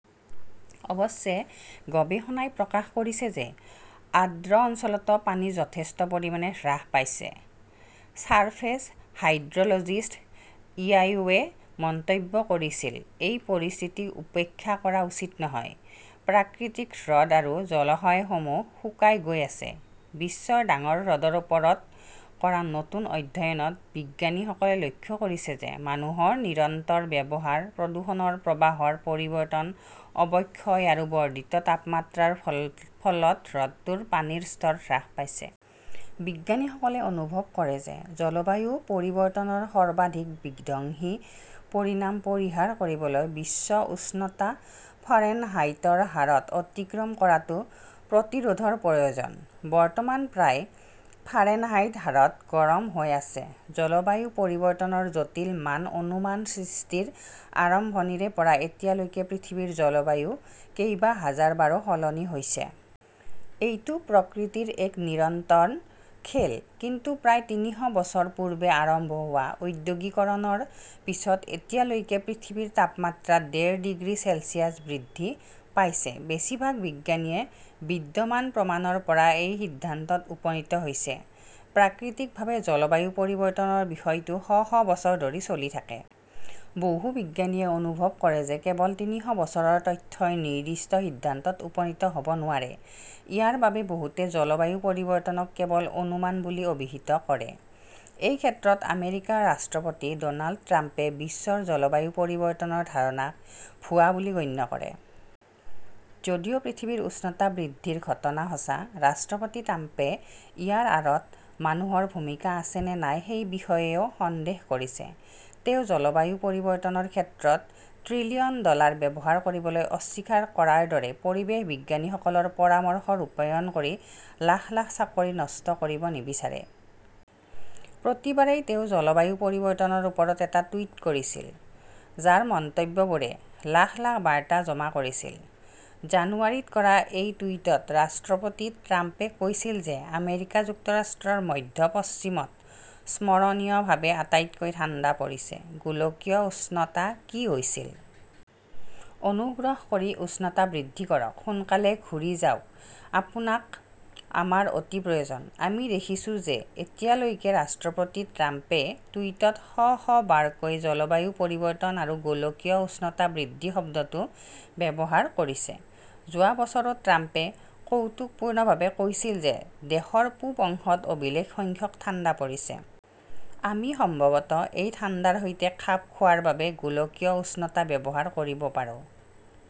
অৱশ্যে, গৱেষণাই প্ৰকাশ কৰিছে যে আৰ্দ্ৰ অঞ্চলতো পানী যথেষ্ট পৰিমাণে হ্ৰাস পাইছে। ছাৰ্ফেচ হাইড্ৰ "লজিষ্ট ইয়াওৱে মন্তব্য কৰিছিল এই পৰিস্থিতি উপেক্ষা কৰা উচিত নহয়। প্ৰাকৃতিক হ্ৰদ আৰু জলাশয়সমূহ শুকাই গৈ আছে। বিশ্বৰ ডাঙৰ হ্ৰদৰ ওপৰত কৰা নতুন অধ্যয়নত বিজ্ঞানীসকলে লক্ষ্য কৰিছে যে মানুহৰ নিৰন্তৰ ব্যৱহাৰ, বৰষুণৰ প্ৰবাহৰ পৰিৱৰ্তন, অৱক্ষয় আৰু বৰ্ধিত তাপমাত্ৰাৰ ফলত হ্ৰদটোৰ পানীৰ স্তৰ হ্ৰাস পাইছে। । বিজ্ঞানীসকলে অনুভৱ কৰে যে জলবায়ু পৰিৱৰ্তনৰ সৰ্বাধিক বিধ্বংসী পৰিণাম পৰিহাৰ কৰিবলৈ বিশ্ব উষ্ণতা ফাৰেনহাইটৰ হাৰত অতিক্ৰম কৰাটো প্ৰতিৰোধৰ প্ৰয়োজন। বৰ্তমান প্ৰায় ফাৰেনহাইট হাৰত গৰম হৈ আছে। জলবায়ু পৰিৱৰ্তনৰ জটিল মান-অনুমান সৃষ্টিৰ আৰম্ভণিৰে পৰা এতিয়ালৈকে পৃথিৱীৰ জলবায়ু কেইবা হাজাৰবাৰো সলনি হৈছে। এইটো প্ৰকৃতিৰ এক নিৰন্তৰ খেল। কিন্তু প্ৰায় তিনিশ বছৰ পূৰ্বে আৰম্ভ হোৱা ঔদ্যোগিকৰণৰ পিছত এতিয়ালৈকে পৃথিৱীৰ তাপমাত্ৰা ডেৰ ডিগ্ৰী চেলছিয়াছ বৃদ্ধি পাইছে। বেছিভাগ বিজ্ঞানীয়ে বিদ্যমান প্ৰমাণৰ পৰা এই সিদ্ধান্তত উপনীত হৈছে। প্ৰাকৃতিকভাৱে জলবায়ু পৰিৱৰ্তনৰ বিষয়টো শ শ বছৰ ধৰি চলি থাকে। বহু বিজ্ঞানীয়ে অনুভৱ কৰে যে কেৱল তিনিশ বছৰৰ তথ্যই নিৰ্দিষ্ট সিদ্ধান্তত উপনীত হ'ব নোৱাৰে। ইয়াৰ বাবে বহুতে জলবায়ু পৰিৱৰ্তনক কেৱল 'অনুমান' বুলি অভিহিত কৰে। এই ক্ষেত্ৰত আমেৰিকাৰ ৰাষ্ট্ৰপতি ড'নাল্ড ট্ৰাম্পে বিশ্বৰ জলবায়ু পৰিৱৰ্তনৰ ধাৰণাক " ভুৱা "বুলি গণ্য কৰে। যদিও পৃথিৱীৰ উষ্ণতা বৃদ্ধিৰ ঘটনা সঁচা, ৰাষ্ট্ৰপতি ট্ৰাম্পে ইয়াৰ আঁৰত মানুহৰ ভূমিকা আছে নে নাই সেই বিষয়েও সন্দেহ কৰিছে। তেওঁ জলবায়ু পৰিৱৰ্তনৰ ক্ষেত্ৰত ত্ৰিলিয়ন ডলাৰ ব্যয় কৰিবলৈ অস্বীকাৰ কৰাৰ দৰে পৰিৱেশ বিজ্ঞানীসকলৰ পৰামৰ্শ ৰূপায়ণ কৰি লাখ লাখ চাকৰি নষ্ট কৰিব নিবিচাৰে। প্ৰতিবাৰেই তেওঁ জলবায়ু পৰিৱৰ্তনৰ ওপৰত এটা টুইট কৰিছিল, যাৰ মন্তব্যবোৰে লাখ লাখ বাৰ্তা জমা কৰিছিল। জানুৱাৰীত কৰা এই টুইটত ৰাষ্ট্ৰপতি ট্ৰাম্পে কৈছিল যে আমেৰিকা যুক্তৰাষ্ট্ৰৰ মধ্য-পশ্চিমত স্মৰণীয়ভাৱে আটাইতকৈ ঠাণ্ডা পৰিছে। গোলকীয় উষ্ণতা কি হৈছিল? অনুগ্ৰহ কৰি উষ্ণতা বৃদ্ধি কৰক, সোনকালে ঘূৰি যাওক, আপোনাক আমাৰ অতি প্ৰয়োজন। আমি দেখিছো যে এতিয়ালৈকে ৰাষ্ট্ৰপতি ট্ৰাম্পে টুইটত শ শ বাৰকৈ জলবায়ু পৰিৱৰ্তন আৰু গোলকীয় উষ্ণতা বৃদ্ধি শব্দটো ব্যৱহাৰ কৰিছে। যোৱা বছৰো ট্ৰাম্পে কৌতুকপূৰ্ণভাৱে কৈছিল যে দেশৰ পূব অংশত অভিলেখ সংখ্যক ঠাণ্ডা পৰিছে। আমি সম্ভৱতঃ এই ঠাণ্ডাৰ সৈতে খাপ খোৱাৰ বাবে গোলকীয় উষ্ণতা ব্যৱহাৰ কৰিব পাৰোঁ।